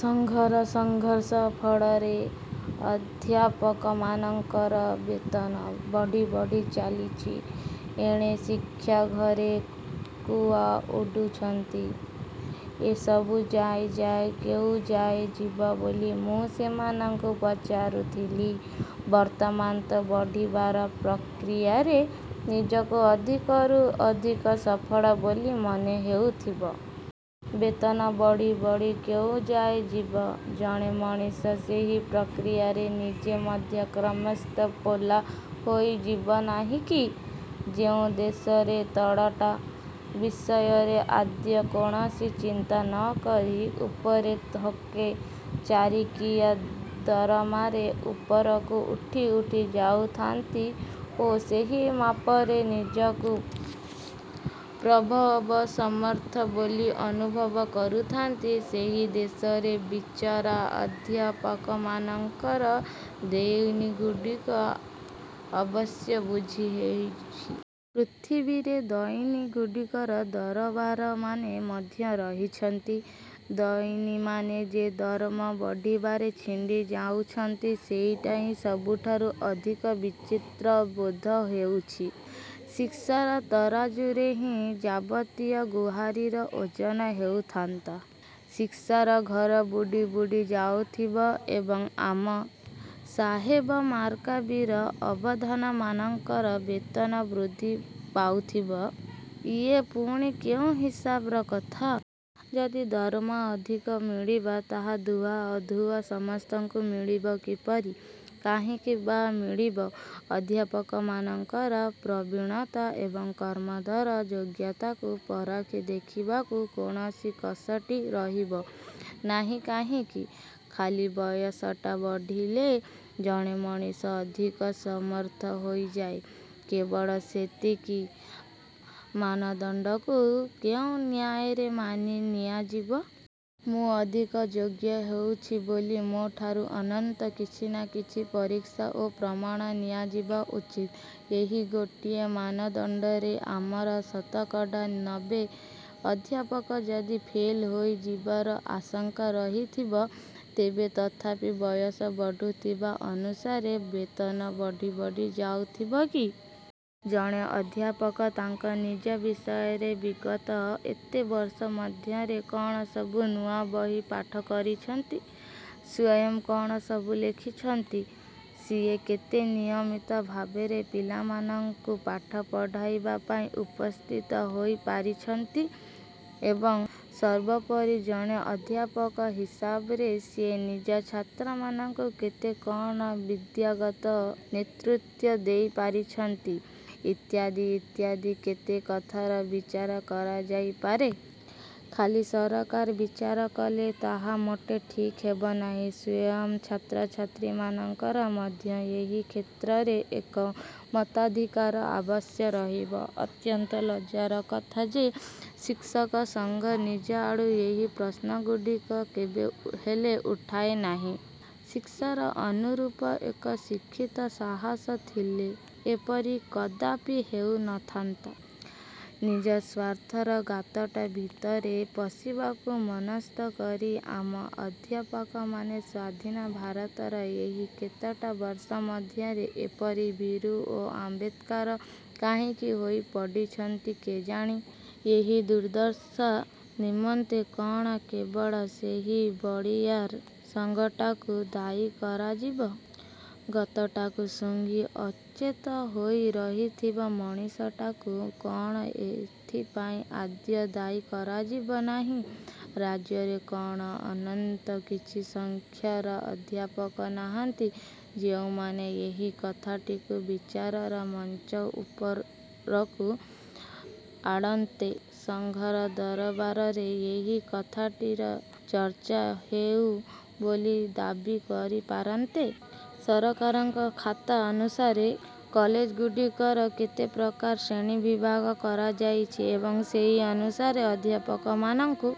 ସଂଘର ସଂଘର୍ଷ ଫଳରେ ଅଧ୍ୟାପକମାନଙ୍କର ବେତନ ବଢ଼ି ବଢ଼ି ଚାଲିଛି। ଏଣେ ଶିକ୍ଷା ଘରେ କୁଆ ଉଡୁଛନ୍ତି। ଏସବୁ ଯାଇ ଯାଇ କେଉଁଯାଏ ଯିବ ବୋଲି ମୁଁ ସେମାନଙ୍କୁ ପଚାରୁଥିଲି। ବର୍ତ୍ତମାନ ତ ବଢ଼ିବାର ପ୍ରକ୍ରିୟାରେ ନିଜକୁ ଅଧିକରୁ ଅଧିକ ସଫଳ ବୋଲି ମନେ ହେଉଥିବ। ବେତନ ବଢ଼ି ବଢ଼ି କୋଉଯାଏ ଯିବ। ଜଣେ ମଣିଷ ସେହି ପ୍ରକ୍ରିୟାରେ ନିଜେ ମଧ୍ୟ କ୍ରମଶଃ ପୋଲା ହୋଇ ଯିବନାହିଁ କି? ଯେଉଁ ଦେଶରେ ତଳଟା ବିଷୟରେ ଆଦୌ କୌଣସି ଚିନ୍ତା ନକରି ଉପରେ ଥୋକେ ଚାକିରିଆ ଦରମାରେ ଉପରକୁ ଉଠି ଉଠି ଯାଉଥାନ୍ତି ଓ ସେହି ମାପରେ ନିଜକୁ ପ୍ରଭବସମର୍ଥ ବୋଲି ଅନୁଭବ କରୁଥାନ୍ତି, ସେହି ଦେଶରେ ବିଚରା ଅଧ୍ୟାପକମାନଙ୍କର ଦଇନିଗୁଡ଼ିକ ଅବଶ୍ୟ ବୁଝି ହେଉଛି। ପୃଥିବୀରେ ଦଇନିଗୁଡ଼ିକର ଦରବାରମାନେ ମଧ୍ୟ ରହିଛନ୍ତି। ଦଇନିମାନେ ଯେ ଦରମା ବଢ଼ିବାରେ ଛିଣ୍ଡି ଯାଉଛନ୍ତି ସେଇଟା ହିଁ ସବୁଠାରୁ ଅଧିକ ବିଚିତ୍ର ବୋଧ ହେଉଛି। ଶିକ୍ଷାର ତରାଜୁରେ ହିଁ ଯାବତୀୟ ଗୁହାରିର ଓଜନ ହେଉଥାନ୍ତା। ଶିକ୍ଷାର ଘର ବୁଡ଼ି ବୁଡ଼ି ଯାଉଥିବ ଏବଂ ଆମ ସାହେବମାର୍କା ବୀର ଅବଧାନମାନଙ୍କର ବେତନ ବୃଦ୍ଧି ପାଉଥିବ, ଇଏ ପୁଣି କେଉଁ ହିସାବର କଥା? ଯଦି ଦରମା ଅଧିକ ମିଳିବ, ତାହା ଧୁଆ ଅଧୁଆ ସମସ୍ତଙ୍କୁ ମିଳିବ କିପରି? କାହିଁକି ବା ମିଳିବ? ଅଧ୍ୟାପକମାନଙ୍କର ପ୍ରବୀଣତା ଏବଂ କ୍ରମୋତ୍ତର ଯୋଗ୍ୟତାକୁ ପରଖି ଦେଖିବାକୁ କୌଣସି କଷଟି ରହିବ ନାହିଁ କାହିଁକି? ଖାଲି ବୟସଟା ବଢ଼ିଲେ ଜଣେ ମଣିଷ ଅଧିକ ସମର୍ଥ ହୋଇଯାଏ, କେବଳ ସେତିକି ମାନଦଣ୍ଡକୁ କେଉଁ ନ୍ୟାୟରେ ମାନି ନିଆଯିବ? ମୁଁ ଅଧିକ ଯୋଗ୍ୟ ହେଉଛି ବୋଲି ମୋ ଠାରୁ ଅନ୍ତତଃ କିଛି ନା କିଛି ପରୀକ୍ଷା ଓ ପ୍ରମାଣ ନିଆଯିବା ଉଚିତ। ଏହି ଗୋଟିଏ ମାନଦଣ୍ଡରେ ଆମର ଶତକଡ଼ା ନବେ ଅଧ୍ୟାପକ ଯଦି ଫେଲ୍ ହୋଇଯିବାର ଆଶଙ୍କା ରହିଥିବ, ତେବେ ତଥାପି ବୟସ ବଢୁଥିବା ଅନୁସାରେ ବେତନ ବଢ଼ି ବଢ଼ି ଯାଉଥିବ କି? ଜଣେ ଅଧ୍ୟାପକ ତାଙ୍କ ନିଜ ବିଷୟରେ ବିଗତ ଏତେ ବର୍ଷ ମଧ୍ୟରେ କଣ ସବୁ ନୂଆ ବହି ପାଠ କରିଛନ୍ତି, ସ୍ୱୟଂ କଣ ସବୁ ଲେଖିଛନ୍ତି, ସିଏ କେତେ ନିୟମିତ ଭାବରେ ପିଲାମାନଙ୍କୁ ପାଠ ପଢ଼ାଇବା ପାଇଁ ଉପସ୍ଥିତ ହୋଇ ପାରିଛନ୍ତି, ଏବଂ ସର୍ବୋପରି, ଜଣେ ଅଧ୍ୟାପକ ହିସାବରେ ସିଏ ନିଜ ଛାତ୍ରମାନଙ୍କୁ କେତେ କଣ ବିଦ୍ୟାଗତ ନେତୃତ୍ଵ ଦେଇ ପାରିଛନ୍ତି, ଇତ୍ୟାଦି ଇତ୍ୟାଦି କେତେ କଥାର ବିଚାର କରାଯାଇପାରେ। ଖାଲି ସରକାର ବିଚାର କଲେ ତାହା ମୋଟେ ଠିକ୍ ହେବ ନାହିଁ। ସ୍ଵୟଂ ଛାତ୍ରଛାତ୍ରୀମାନଙ୍କର ମଧ୍ୟ ଏହି କ୍ଷେତ୍ରରେ ଏକ ମତାଧିକାର ଅବଶ୍ୟ ରହିବ। ଅତ୍ୟନ୍ତ ଲଜ୍ଜାର କଥା ଯେ, ଶିକ୍ଷକ ସଂଘ ନିଜ ଆଡୁ ଏହି ପ୍ରଶ୍ନଗୁଡ଼ିକ କେବେ ହେଲେ ଉଠାଏ ନାହିଁ। ଶିକ୍ଷାର ଅନୁରୂପ ଏକ ଶିକ୍ଷିତ ସାହସ ଥିଲେ ଏପରି କଦାପି ହେଉ ନଥାନ୍ତା। ନିଜ ସ୍ୱାର୍ଥର ଗାତଟା ଭିତରେ ପଶିବାକୁ ମନସ୍ଥ କରି ଆମ ଅଧ୍ୟାପକମାନେ ସ୍ୱାଧୀନ ଭାରତର ଏହି କେତେଟା ବର୍ଷ ମଧ୍ୟରେ ଏପରି ଭୀରୁ ଓ ଆତ୍ମକାତର କାହିଁକି ହୋଇ ପଡ଼ିଛନ୍ତି କେଜାଣି? ଏହି ଦୁର୍ଦ୍ଦଶା ନିମନ୍ତେ କଣ କେବଳ ସେହି ବଳୀୟାର ସଂଘଟାକୁ ଦାୟୀ କରାଯିବ? ଗଦଟାକୁ ସୁଂଘି ଅଚେତ ହୋଇ ରହିଥିବା ମଣିଷଟାକୁ କଣ ଏଥିପାଇଁ ଆଦୌ ଦାୟୀ କରାଯିବ ନାହିଁ? ରାଜ୍ୟରେ କଣ ଅନ୍ତତଃ କିଛି ସଂଖ୍ୟାର ଅଧ୍ୟାପକ ନାହାନ୍ତି, ଯେଉଁମାନେ ଏହି କଥାଟିକୁ ବିଚାରର ମଞ୍ଚ ଉପରକୁ। ଆଣନ୍ତେ, ସଂଘର ଦରବାରରେ ଏହି କଥାଟିର ଚର୍ଚ୍ଚା ହେଉ ବୋଲି ଦାବି କରି ପାରନ୍ତେ। ସରକାରଙ୍କର ଖାତା ଅନୁସାରେ କଲେଜଗୁଡ଼ିକର କେତେ ପ୍ରକାର ଶ୍ରେଣୀବିଭାଗ କରାଯାଇଛି ଏବଂ ସେହି ଅନୁସାରେ ଅଧ୍ୟାପକମାନଙ୍କୁ